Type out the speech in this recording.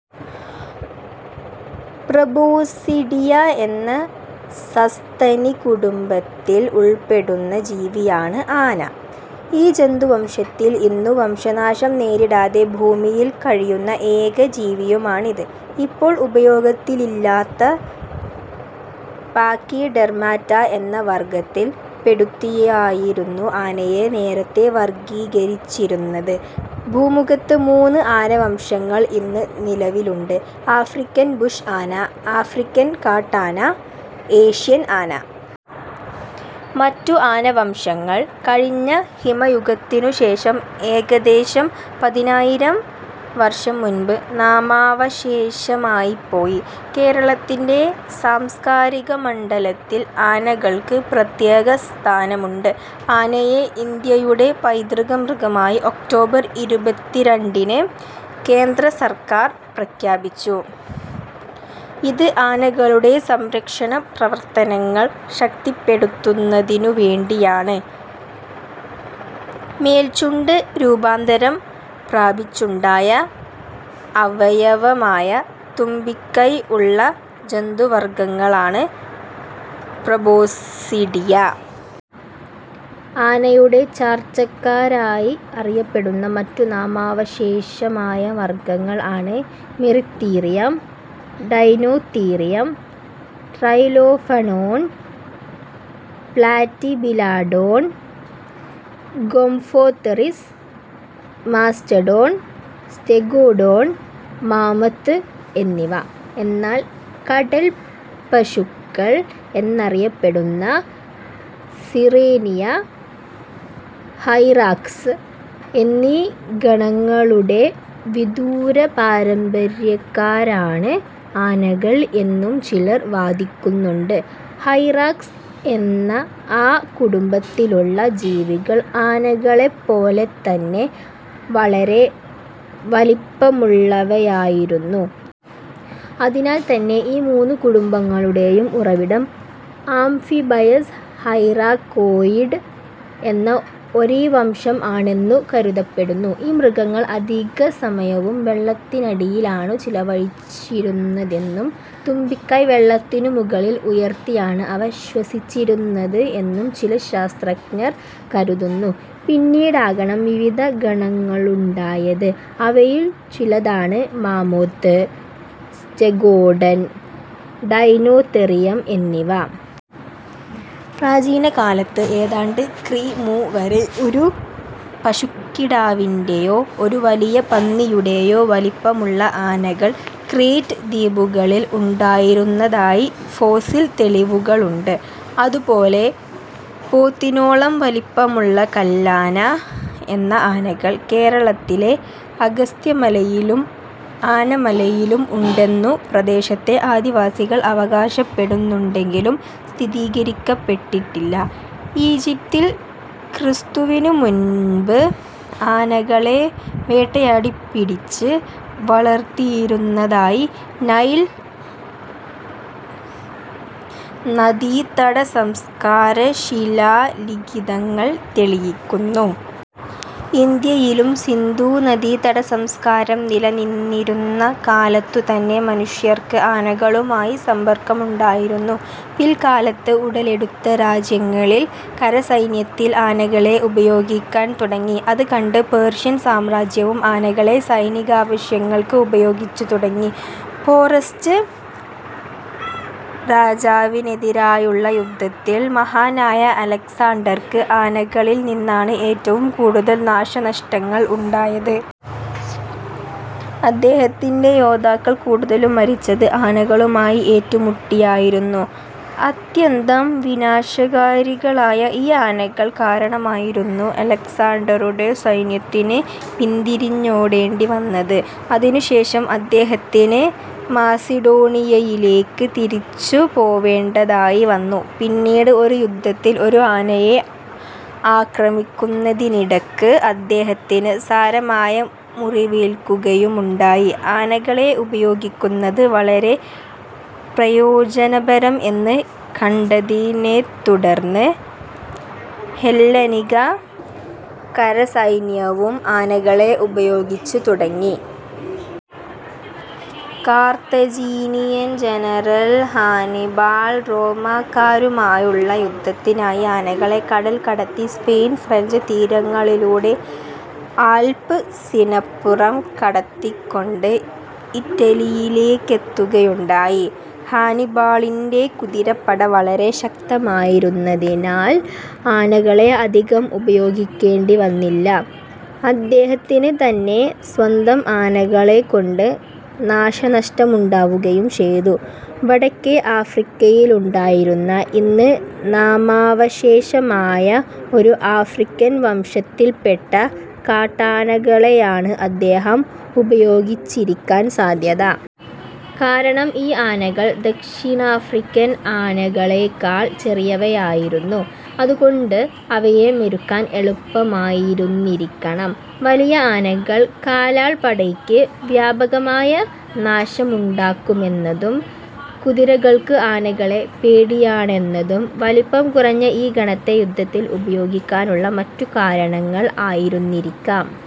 Proboscidea എന്ന സസ്തനികുടുംബത്തിൽ ഉൾപ്പെടുന്ന ജീവിയാണ് ആന. ഈ ജന്തുവംശത്തിൽ ഇന്നു വംശനാശം നേരിടാതെ ഭൂമിയിൽ കഴിയുന്ന ഏക ജീവിയുമാണിത്. ഇപ്പോൾ ഉപയോഗത്തിലില്ലാത്ത പാക്കിഡെർമാറ്റ എന്ന വർഗ്ഗത്തിൽ പെടുത്തിയായിരുന്നു ആനയെ നേരത്തേ വർഗ്ഗീകരിച്ചിരുന്നത്. ഭൂമുഖത്ത് മൂന്ന് ആനവംശങ്ങൾ ഇന്ന് നിലവിലുണ്ട്: ആഫ്രിക്കൻ ബുഷ് ആന, ആഫ്രിക്കൻ കാട്ടാന, ഏഷ്യൻ ആന. മറ്റു ആനവംശങ്ങൾ കഴിഞ്ഞ ഹിമയുഗത്തിനു ശേഷം, എകദേശം പതിനായിരം വർഷം മുൻപ് നാമാവശേഷമായിപ്പോയി. കേരളത്തിന്റെ സാംസ്കാരികമണ്ഡലത്തിൽ ആനകൾക്ക് പ്രത്യേക സ്ഥാനമുണ്ട്. ആനയെ ഇന്ത്യയുടെ പൈതൃക മൃഗമായി ഒക്ടോബർ ഇരുപത്തിരണ്ടിന് കേന്ദ്ര സർക്കാർ പ്രഖ്യാപിച്ചു. ഇത്, ആനകളുടെ സംരക്ഷണ പ്രവർത്തനങ്ങൾ ശക്തിപ്പെടുത്തുന്നതിനുവേണ്ടിയാണ്. മേൽച്ചുണ്ട് രൂപാന്തരം പ്രാപിച്ചുണ്ടായ അവയവമായ തുമ്പിക്കൈ ഉള്ള ജന്തുവർഗ്ഗങ്ങളാണ് പ്രൊബോസിഡിയ. ആനയുടെ ചാർച്ചക്കാരായി അറിയപ്പെടുന്ന മറ്റു നാമാവശേഷമായ വർഗ്ഗങ്ങൾ ആണ് Moeritherium, Deinotherium, Trilophodon, Platybelodon, gomphotheres, mastodon, Stegodon, mammoth എന്നിവ. എന്നാൽ കടൽപ്പശുക്കൾ എന്നറിയപ്പെടുന്ന സിറേനിയ, ഹൈറാക്സ് എന്നീ ഗണങ്ങളുടെ വിദൂരപാരമ്പര്യക്കാരാണ് ആനകൾ എന്നും ചിലർ വാദിക്കുന്നുണ്ട്. ഹൈറാക്സ് എന്ന ആ കുടുംബത്തിലുള്ള ജീവികൾ ആനകളെപ്പോലെത്തന്നെ വളരെ വലിപ്പമുള്ളവയായിരുന്നു. അതിനാൽ തന്നെ ഈ മൂന്നു കുടുംബങ്ങളുടേയും ഉറവിടം ആംഫിബയസ് ഹൈറാകോയ്ഡ് എന്ന ഒരേ വംശം ആണെന്നു കരുതപ്പെടുന്നു. ഈ മൃഗങ്ങൾ അധിക സമയവും വെള്ളത്തിനടിയിലാണു ചിലവഴിച്ചിരുന്നതെന്നും തുമ്പിക്കൈ വെള്ളത്തിനു മുകളിൽ ഉയർത്തിയാണ് അവ ശ്വസിച്ചിരുന്നത് എന്നും ചില ശാസ്ത്രജ്ഞർ കരുതുന്നു. പിന്നീടാകണം വിവിധ ഗണങ്ങളുണ്ടായത്. അവയിൽ ചിലതാണ് മാമോത്ത്, സ്റ്റെഗോഡൻ, ഡൈനോതെറിയം എന്നിവ. പ്രാചീനകാലത്ത്, ഏതാണ്ട് ക്രി. മു. വരെ, ഒരു പശുക്കിടാവിന്റേയോ, ഒരു വലിയ പന്നിയുടേയോ വലിപ്പമുള്ള ആനകൾ ക്രേറ്റ് ദ്വീപുകളിൽ ഉണ്ടായിരുന്നതായി ഫോസിൽ തെളിവുകളുണ്ട്. അതുപോലെ പോത്തിനോളം വലിപ്പമുള്ള കല്ലാന എന്ന ആനകൾ, കേരളത്തിലെ അഗസ്ത്യമലയിലും ആനമലയിലും ഉണ്ടെന്നു പ്രദേശത്തെ ആദിവാസികൾ അവകാശപ്പെടുന്നുണ്ടെങ്കിലും സ്ഥിരീകരിക്കപ്പെട്ടിട്ടില്ല. ഈജിപ്തിൽ ക്രിസ്തുവിനു മുമ്പ് ആനകളെ വേട്ടയാടി പിടിച്ച് വളർത്തിയിരുന്നതായി നൈൽ നദീതടസംസ്കാരശിലാ ലിഖിതങ്ങൾ തെളിയിക്കുന്നു. ഇന്ത്യയിലും സിന്ധു നദീതട സംസ്കാരംനിലനിന്നിരുന്ന കാലത്തുതന്നെ മനുഷ്യർക്ക് ആനകളുമായി സമ്പർക്കമുണ്ടായിരുന്നു. പിൽക്കാലത്ത് ഉടലെടുത്ത രാജ്യങ്ങളിൽ കരസൈന്യത്തിൽ ആനകളെ ഉപയോഗിക്കാൻ തുടങ്ങി. അത് കണ്ട്പേർഷ്യൻ സാമ്രാജ്യവും ആനകളെ സൈനികാവശ്യങ്ങൾക്ക് ഉപയോഗിച്ച് തുടങ്ങി. പോറസ്സ് രാജാവിനെതിരായുള്ള യുദ്ധത്തിൽ മഹാനായ അലക്സാണ്ടർക്ക് ആനകളിൽ നിന്നാണ് ഏറ്റവും കൂടുതൽ നാശനഷ്ടങ്ങൾ ഉണ്ടായത്. അദ്ദേഹത്തിന്റെ യോദ്ധാക്കൾ കൂടുതലും മരിച്ചത് ആനകളുമായി ഏറ്റുമുട്ടിയായിരുന്നു. അത്യന്തം വിനാശകാരികളായ ഈ ആനകൾ കാരണമായിരുന്നു അലക്സാണ്ടറുടെ സൈന്യത്തിന്ന് പിന്തിരിഞ്ഞോടേണ്ടിവന്നത്. അതിനുശേഷം അദ്ദേഹത്തിന് മാസിഡോണിയയിലേക്ക് തിരിച്ചു പോവേണ്ടതായി വന്നു. പിന്നീട് ഒരു യുദ്ധത്തിൽ ഒരു ആനയെ ആക്രമിക്കുന്നതിനിടക്ക് അദ്ദേഹത്തിന് സാരമായ മുറിവേൽക്കുകയുമുണ്ടായി. ആനകളെ ഉപയോഗിക്കുന്നത് വളരെ പ്രയോജനപരം എന്ന് കണ്ടതിനെത്തുടർന്ന് ഹെല്ലനിക കരസൈന്യവും ആനകളെ ഉപയോഗിച്ച് തുടങ്ങി. കാർത്തജീനിയൻ ജനറൽ ഹാനിബാൾ റോമാക്കാരുമായുള്ള യുദ്ധത്തിനായി ആനകളെ കടൽ കടത്തി സ്പെയിൻ, ഫ്രഞ്ച് തീരങ്ങളിലൂടെ ആൽപ്പ്സിനപ്പുറം കടത്തിക്കൊണ്ട് ഇറ്റലിയിലേക്കെത്തുകയുണ്ടായി. ഹാനിബാളിന്റെ കുതിരപ്പട വളരെ ശക്തമായിരുന്നതിനാൽ ആനകളെ അധികം ഉപയോഗിക്കേണ്ടി വന്നില്ല. അദ്ദേഹത്തിന് തന്നെ സ്വന്തം ആനകളെകൊണ്ട് നാശനഷ്ടമുണ്ടാവുകയും ചെയ്തു. വടക്കേ ആഫ്രിക്കയിലുണ്ടായിരുന്ന, ഇന്ന് നാമാവശേഷമായ ഒരു ആഫ്രിക്കൻ വംശത്തിൽപ്പെട്ട കാട്ടാനകളെയാണ് അദ്ദേഹം ഉപയോഗിച്ചിരിക്കാൻ സാദ്ധ്യത. കാരണം ഈ ആനകൾ ദക്ഷിണാഫ്രിക്കൻ ആനകളേക്കാൾ ചെറിയവയായിരുന്നു; അതുകൊണ്ട് അവയെ മെരുക്കാൻ എളുപ്പമായിരുന്നിരിക്കണം. വലിയ ആനകൾ കാലാൾപ്പടയ്ക്ക് വ്യാപകമായ നാശമുണ്ടാക്കുമെന്നതും കുതിരകൾക്ക് ആനകളെ പേടിയാണെന്നതും വലിപ്പം കുറഞ്ഞ ഈ ഗണത്തെ യുദ്ധത്തിൽ ഉപയോഗിക്കാനുള്ള മറ്റു കാരണങ്ങൾ ആയിരുന്നിരിക്കാം.